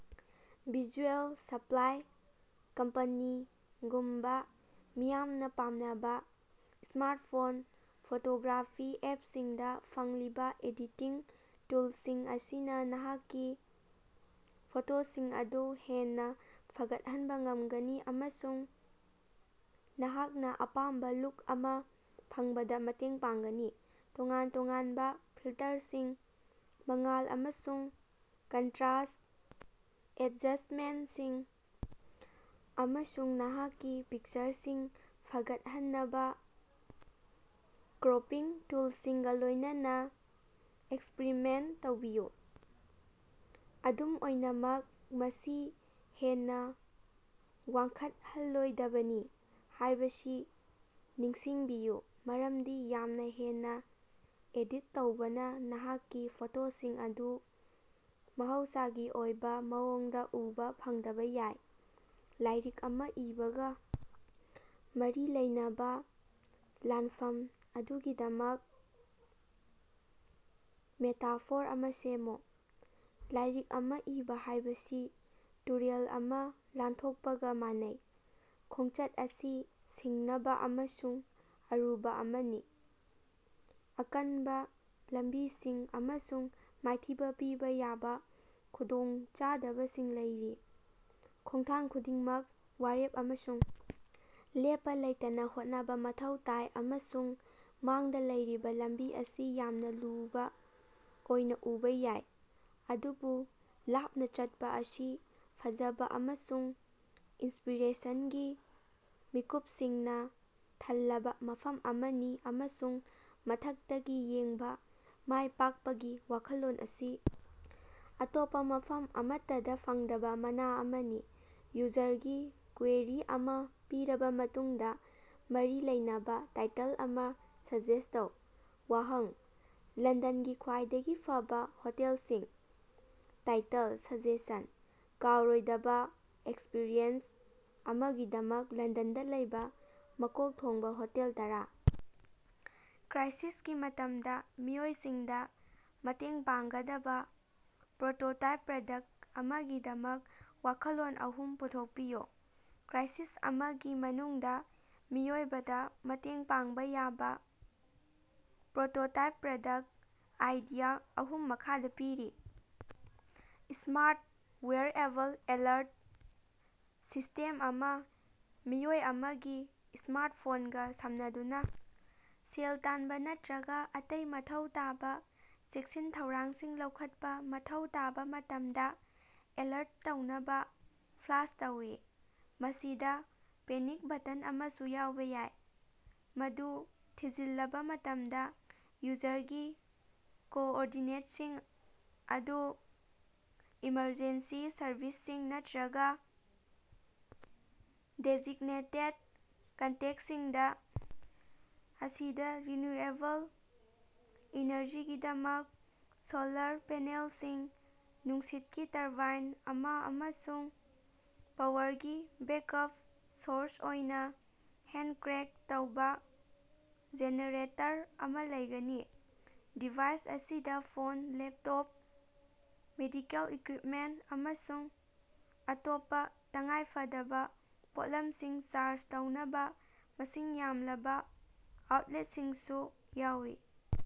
Visual Supply Company ꯒꯨꯝꯕ ꯃꯤꯌꯥꯝꯅ ꯄꯥꯝꯅꯕ ꯁ꯭ꯃꯥꯔꯠꯐꯣꯟ ꯐꯣꯇꯣꯒ꯭ꯔꯥꯐꯤ ꯑꯦꯞꯁꯤꯡꯗ ꯐꯪꯂꯤꯕ ꯑꯦꯗꯤꯇꯤꯡ ꯇꯨꯜꯁꯤꯡ ꯑꯁꯤꯅ ꯅꯍꯥꯛꯀꯤ ꯐꯣꯇꯣꯁꯤꯡ ꯑꯗꯨ ꯍꯦꯟꯅ ꯐꯒꯠꯍꯟꯕ ꯉꯝꯒꯅꯤ ꯑꯃꯁꯨꯡ ꯅꯍꯥꯛꯅ ꯑꯄꯥꯝꯕ ꯂꯨꯛ ꯑꯃ ꯐꯪꯕꯗ ꯃꯇꯦꯡ ꯄꯥꯡꯒꯅꯤ꯫ ꯇꯣꯉꯥꯟ-ꯇꯣꯉꯥꯟꯕ ꯐꯤꯜꯇꯔꯁꯤꯡ, ꯃꯉꯥꯜ ꯑꯃꯁꯨꯡ ꯀꯟꯇ꯭ꯔꯥꯁꯠ ꯑꯦꯗꯖꯁꯠꯃꯦꯟꯇꯁꯤꯡ, ꯑꯃꯁꯨꯡ ꯅꯍꯥꯛꯀꯤ ꯄꯤꯛꯆꯔꯁꯤꯡ ꯐꯒꯠꯍꯟꯅꯕ ꯀ꯭ꯔꯣꯄꯤꯡ ꯇꯨꯜꯁꯤꯡꯒ ꯂꯣꯏꯅꯅ ꯑꯦꯛꯁꯄꯤꯔꯤꯃꯦꯟꯇ ꯇꯧꯕꯤꯌꯨ꯫ ꯑꯗꯨꯝ ꯑꯣꯏꯅꯃꯛ, ꯃꯁꯤ ꯍꯦꯟꯅ ꯋꯥꯡꯈꯠꯍꯜꯂꯣꯏꯗꯕꯅꯤ ꯍꯥꯏꯕꯁꯤ ꯅꯤꯡꯁꯤꯡꯕꯤꯌꯨ ꯃꯔꯝꯗꯤ ꯌꯥꯝꯅ ꯍꯦꯟꯅ ꯑꯦꯗꯤꯠ ꯇꯧꯕꯅ ꯅꯍꯥꯛꯀꯤ ꯐꯣꯇꯣꯁꯤꯡ ꯑꯗꯨ ꯃꯍꯧꯁꯒꯤ ꯑꯣꯏꯕ ꯃꯑꯣꯡꯗ ꯎꯕ ꯐꯪꯗꯕ ꯌꯥꯏ꯫ ꯂꯥꯏꯔꯤꯛ ꯑꯃ ꯏꯕꯒ ꯃꯔꯤ ꯂꯩꯅꯕ ꯂꯥꯟꯐꯝ ꯑꯗꯨꯒꯤꯗꯃꯛ ꯃꯦꯇꯥꯐꯣꯔ ꯑꯃ ꯁꯦꯝꯃꯨ꯫ ꯂꯥꯏꯔꯤꯛ ꯑꯃ ꯏꯕ ꯍꯥꯏꯕꯁꯤ ꯇꯨꯔꯦꯜ ꯑꯃ ꯂꯥꯟꯊꯣꯛꯄꯒ ꯃꯥꯟꯅꯩ꯫ ꯈꯣꯡꯆꯠ ꯑꯁꯤ ꯁꯤꯡꯅꯕ ꯑꯃꯁꯨꯡ ꯑꯔꯨꯕ ꯑꯃꯅꯤ꯫ ꯑꯀꯟꯕ ꯂꯝꯕꯤꯁꯤꯡ ꯑꯃꯁꯨꯡ ꯃꯥꯏꯊꯤꯕ ꯄꯤꯕ ꯌꯥꯕ ꯈꯨꯗꯣꯡꯆꯥꯗꯕꯁꯤꯡ ꯂꯩꯔꯤ꯫ ꯈꯣꯡꯊꯥꯡ ꯈꯨꯗꯤꯡꯃꯛ ꯋꯥꯔꯦꯞ ꯑꯃꯁꯨꯡ ꯂꯦꯞꯄ ꯂꯩꯇꯅ ꯍꯣꯠꯅꯕ ꯃꯊꯧ ꯇꯥꯏ ꯑꯃꯁꯨꯡ ꯃꯥꯡꯗ ꯂꯩꯔꯤꯕ ꯂꯝꯕꯤ ꯑꯁꯤ ꯌꯥꯝꯅ ꯂꯨꯕ ꯑꯣꯏꯅ ꯎꯕ ꯌꯥꯏ꯫ ꯑꯗꯨꯕꯨ ꯂꯥꯞꯅ ꯆꯠꯄ ꯑꯁꯤ ꯐꯖꯕ ꯑꯃꯁꯨꯡ ꯏꯟꯁꯄꯤꯔꯦꯁꯟꯒꯤ ꯃꯤꯀꯨꯞꯁꯤꯡꯅ ꯊꯜꯂꯕ ꯃꯐꯝ ꯑꯃꯅꯤ ꯑꯃꯁꯨꯡ ꯃꯊꯛꯇꯒꯤ ꯌꯦꯡꯕ, ꯃꯥꯏ ꯄꯥꯛꯄꯒꯤ ꯋꯥꯈꯜꯂꯣꯟ ꯑꯁꯤ ꯑꯇꯣꯞꯄ ꯃꯐꯝ ꯑꯃꯠꯇꯗ ꯐꯪꯗꯕ ꯃꯅꯥ ꯑꯃꯅꯤ꯫ ꯌꯨꯖꯔꯒꯤ ꯀ꯭ꯋꯦꯔꯤ ꯑꯃ ꯄꯤꯔꯕ ꯃꯇꯨꯡꯗ ꯃꯔꯤ ꯂꯩꯅꯕ ꯇꯥꯏꯇꯜ ꯑꯃ ꯁꯖꯦꯁ꯭ꯠ ꯇꯧ꯫ ꯋꯥꯍꯪ: ꯂꯟꯗꯟꯒꯤ ꯈ꯭ꯋꯥꯏꯗꯒꯤ ꯐꯕ ꯍꯣꯇꯦꯜꯁꯤꯡ꯫ ꯇꯥꯏꯇꯜ ꯁꯖꯦꯁꯟ: "ꯀꯥꯎꯔꯣꯏꯗꯕ ꯑꯦꯛꯁꯄꯤꯔꯤꯌꯦꯟꯁ ꯑꯃꯒꯤꯗꯃꯛ ꯂꯟꯗꯟꯗ ꯂꯩꯕ ꯃꯀꯣꯛ ꯊꯣꯡꯕ ꯍꯣꯇꯦꯜ ꯇꯔꯥ"꯫ ꯀ꯭ꯔꯥꯏꯁꯤꯁꯀꯤ ꯃꯇꯝꯗ ꯃꯤꯑꯣꯏꯁꯤꯡꯗ ꯃꯇꯦꯡ ꯄꯥꯡꯒꯗꯕ ꯄ꯭ꯔꯣꯇꯣꯇꯥꯏꯞ ꯄ꯭ꯔꯗꯛꯇ ꯑꯃꯒꯤꯗꯃꯛ ꯋꯥꯈꯜꯂꯣꯟ ꯑꯍꯨꯝ ꯄꯨꯊꯣꯛꯄꯤꯌꯨ꯫ ꯀ꯭ꯔꯥꯏꯁꯤꯁ ꯑꯃꯒꯤ ꯃꯅꯨꯡꯗ ꯃꯤꯑꯣꯏꯕꯗ ꯃꯇꯦꯡ ꯄꯥꯡꯕ ꯌꯥꯕ ꯄ꯭ꯔꯣꯇꯣꯇꯥꯏꯞ ꯄ꯭ꯔꯗꯛꯇ ꯑꯥꯏꯗꯤꯌꯥ ꯑꯍꯨꯝ ꯃꯈꯥꯗ ꯄꯤꯔꯤ: ꯁ꯭ꯃꯥꯔꯠ ꯋꯦꯌꯔꯑꯦꯕꯜ ꯑꯦꯂꯔꯠ ꯁꯤꯁ꯭ꯇꯦꯝ ꯑꯃ ꯃꯤꯑꯣꯏ ꯑꯃꯒꯤ ꯁ꯭ꯃꯥꯔꯠꯐꯣꯟꯒ ꯁꯝꯅꯗꯨꯅ ꯁꯦꯜ ꯇꯥꯟꯕ ꯅꯠꯇ꯭ꯔꯒ ꯑꯇꯩ ꯃꯊꯧ ꯇꯥꯕ ꯆꯦꯛꯁꯤꯟ ꯊꯧꯔꯥꯡꯁꯤꯡ ꯂꯧꯈꯠꯄ ꯃꯊꯧ ꯇꯥꯕ ꯃꯇꯝꯗ ꯑꯦꯂꯔꯠ ꯇꯧꯅꯕ ꯐ꯭ꯂꯥꯁ ꯇꯧꯏ꯫ ꯃꯁꯤꯗ ꯄꯦꯅꯤꯛ ꯕꯇꯟ ꯑꯃꯁꯨ ꯌꯥꯎꯕ ꯌꯥꯏ, ꯃꯗꯨ ꯊꯤꯖꯤꯜꯂꯕ ꯃꯇꯝꯗ, ꯌꯨꯖꯔꯒꯤ ꯀꯣꯑꯣꯔꯗꯤꯅꯦꯠꯁꯤꯡ ꯑꯗꯨ ꯏꯃꯔꯖꯦꯟꯁꯤ ꯁꯔꯚꯤꯁꯁꯤꯡ ꯅꯠꯇ꯭ꯔꯒ ꯗꯦꯖꯤꯒꯅꯦꯇꯦꯗ ꯀꯟꯇꯦꯛꯇꯁꯤꯡꯗ ꯑꯁꯤꯗ ꯔꯤꯅ꯭ꯌꯨꯑꯦꯕꯜ ꯏꯅꯔꯖꯤꯒꯤꯗꯃꯛ ꯁꯣꯂꯔ ꯄꯦꯅꯦꯜꯁꯤꯡ, ꯅꯨꯡꯁꯤꯠꯀꯤ ꯇꯔꯕꯥꯏꯟ ꯑꯃ ꯑꯃꯁꯨꯡ ꯄꯥꯋꯔꯒꯤ ꯕꯦꯛꯑꯞ ꯁꯣꯔꯁ ꯑꯣꯏꯅ ꯍꯦꯟꯗ-ꯀ꯭ꯔꯦꯡꯀ ꯇꯧꯕ ꯖꯦꯅꯦꯔꯦꯇꯔ ꯑꯃ ꯂꯩꯒꯅꯤ꯫ ꯗꯤꯚꯥꯏꯁ ꯑꯁꯤꯗ ꯐꯣꯟ, ꯂꯦꯞꯇꯣꯞ, ꯃꯦꯗꯤꯀꯜ ꯏꯀ꯭ꯋꯤꯞꯃꯦꯟꯇ ꯑꯃꯁꯨꯡ ꯑꯇꯣꯞꯄ ꯇꯉꯥꯏ ꯐꯗꯕ ꯄꯣꯠꯂꯝꯁꯤꯡ ꯆꯥꯔꯖ ꯇꯧꯅꯕ ꯃꯁꯤꯡ ꯌꯥꯝꯂꯕ ꯑꯥꯎꯠꯂꯦꯠꯁꯤꯡꯁꯨ ꯌꯥꯎꯋꯤ꯫